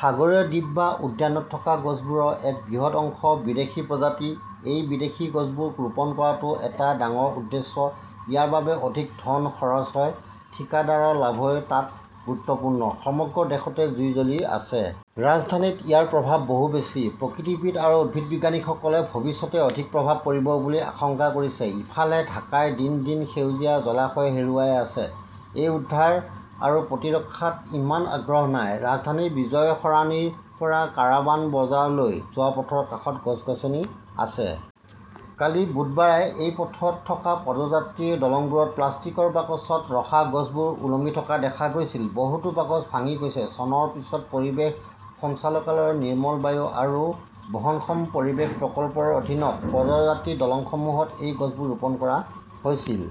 সাগৰীয় দ্বীপ বা উদ্যানত থকা গছবোৰৰ এক বৃহৎ অংশ বিদেশী প্ৰজাতিৰ। এই বিদেশী গছবোৰ ৰোপণ কৰাটো এটা ডাঙৰ উদ্দেশ্য, ইয়াৰ বাবে অধিক ধন খৰচ হয়। ঠিকাদাৰৰ লাভই তাত গুৰুত্বপূৰ্ণ। সমগ্ৰ দেশতে জুই চলি আছে। ৰাজধানীত ইয়াৰ প্ৰভাৱ বহু বেছি। প্ৰকৃতিবিদ আৰু উদ্ভিদবিজ্ঞানীসকলে ভৱিষ্যতে অধিক প্ৰভাৱ পৰিব বুলি আশংকা কৰিছে। ইফালে, ঢাকাই দিন-দিন সেউজীয়া, জলাশয় হেৰুৱাই আছে। এই উদ্ধাৰ আৰু প্ৰতিৰক্ষাত ইমান আগ্ৰহ নাই। ৰাজধানীৰ বিজয় সৰাণীৰ পৰা কাৰাৱান বজাৰলৈ যোৱা পথৰ কাষত গছ-গছনি আছে। কালি বুধবাৰে এই পথত থকা পদযাত্ৰী-দলংবোৰত প্লাষ্টিকৰ বাকচত ৰখা গছবোৰ ওলমি থকা দেখা গৈছিল। বহুতো বাকচ ভাঙি গৈছে। চনৰ পিছত পৰিৱেশ সঞ্চালকালয়ৰ 'নিৰ্মল বায়ু আৰু বহনক্ষম পৰিৱেশ প্ৰকল্প " ৰ অধীনত পদযাত্ৰী-দলংসমূহত এই গছবোৰ ৰোপণ কৰা হৈছিল।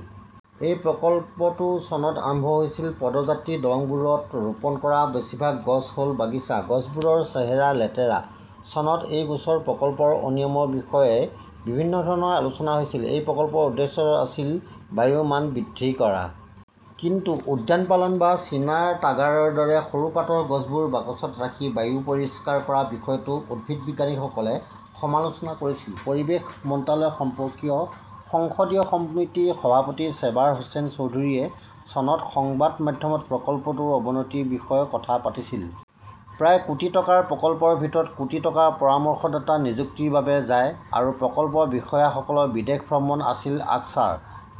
এই প্ৰকল্পটো চনত আৰম্ভ হৈছিল। পদযাত্ৰী-দলংবোৰত ৰোপণ কৰা বেছিভাগ গছ হ 'ল বাগিচা। গছবোৰৰ চেহেৰা লেতেৰা। চনত এই গোচৰ প্ৰকল্পৰ অনিয়মৰ বিষয়ে বিভিন্ন ধৰণৰ আলোচনা হৈছিল। এই প্ৰকল্পটোৰ উদ্দেশ্য আছিল বায়ুৰ মান বৃদ্ধি কৰা। কিন্তু উদ্যানপালন বা চীনা টগাৰৰ দৰে সৰু পাতৰ গছবোৰ বাকচত ৰাখি বায়ু পৰিষ্কাৰ কৰাৰ বিষয়টো উদ্ভিদবিজ্ঞানীসকলে সমালোচনা কৰিছিল। পৰিৱেশ মন্ত্ৰালয় সম্পৰ্কীয় সংসদীয় সমিতিৰ সভাপতি চেবাৰ হোসেন চৌধুৰীয়ে চনত সংবাদ মাধ্যমত প্ৰকল্পটোৰ অৱনতিৰ বিষয়ে কথা পাতিছিল। প্ৰায় কোটি টকাৰ প্ৰকল্পৰ ভিতৰত কোটি টকা পৰামৰ্শদাতা নিযুক্তিৰ বাবে যায়। আৰু প্ৰকল্প বিষয়াসকলৰ বিদেশ ভ্ৰমণ আছিল আকছাৰ।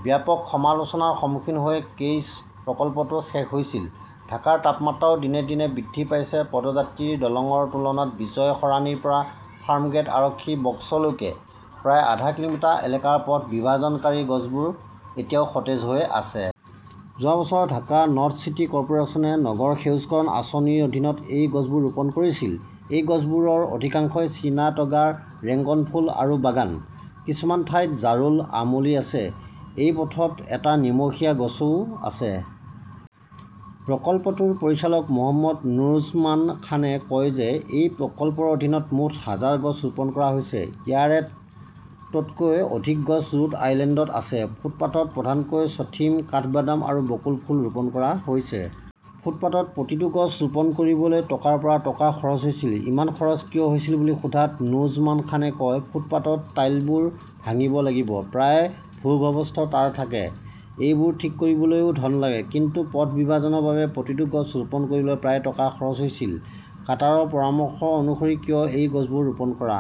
ব্যাপক সমালোচনাৰ সন্মুখীন হৈ কেইছ প্ৰকল্পটো শেষ হৈছিল। ঢাকাৰ তাপমাত্ৰাও দিনে দিনে বৃদ্ধি পাইছে। পদযাত্ৰী-দলংৰ তুলনাত বিজয় সৰাণীৰ পৰা ফাৰ্মগেট আৰক্ষী বক্সলৈকে প্ৰায় আধা কিলোমিটাৰ এলেকাৰ পথ বিভাজনকাৰী গছবোৰ এতিয়াও সতেজ হৈ আছে। যোৱা বছৰ ঢাকা নৰ্থ চিটি কৰ্পোৰেচনে 'নগৰ সেউজকৰণ "আঁচনিৰ অধীনত এই গছবোৰ ৰোপণ কৰিছিল। এই গছবোৰৰ অধিকাংশই চীনা টগাৰ, ৰেংকন ফুল আৰু বাগান। কিছুমান ঠাইত জাৰুল, আমলী আছে। এই পথত এটা নিমখীয়া গছও আছে। প্ৰকল্পটোৰ পৰিচালক মো. নুৰুজ্জমান খানে কয় যে এই প্ৰকল্পৰ অধীনত মুঠ হাজাৰ গছ ৰোপণ কৰা হৈছে। ইয়াৰে তকৈও অধিক গছ ৰোড আইলেণ্ডত আছে। ফুটপাতত প্ৰধানকৈ চথিম, কাঠবাদাম আৰু বকুল ফুল ৰোপণ কৰা হৈছে। ফুটপাতত প্ৰতিটো গছ ৰোপণ কৰিবলৈ টকাৰ পৰা টকা খৰচ হৈছিল। ইমান খৰচ কিয় হৈছিল বুলি সোধাত নুৰুজ্জমান খানে কয়, "ফুটপাতত টাইলবোৰ ভাঙিব লাগিব। প্ৰায়ে ভূগৰ্ভস্থ তাঁৰ থাকে। এইবোৰ ঠিক কৰিবলৈও ধন লাগে। "কিন্তু পথ বিভাজনৰ বাবে প্ৰতিটো গছ ৰোপণ কৰিবলৈ প্ৰায় টকা খৰচ হৈছিল। কাটাৰৰ পৰামৰ্শ অনুসৰি কিয় এই গছবোৰ ৰোপণ কৰা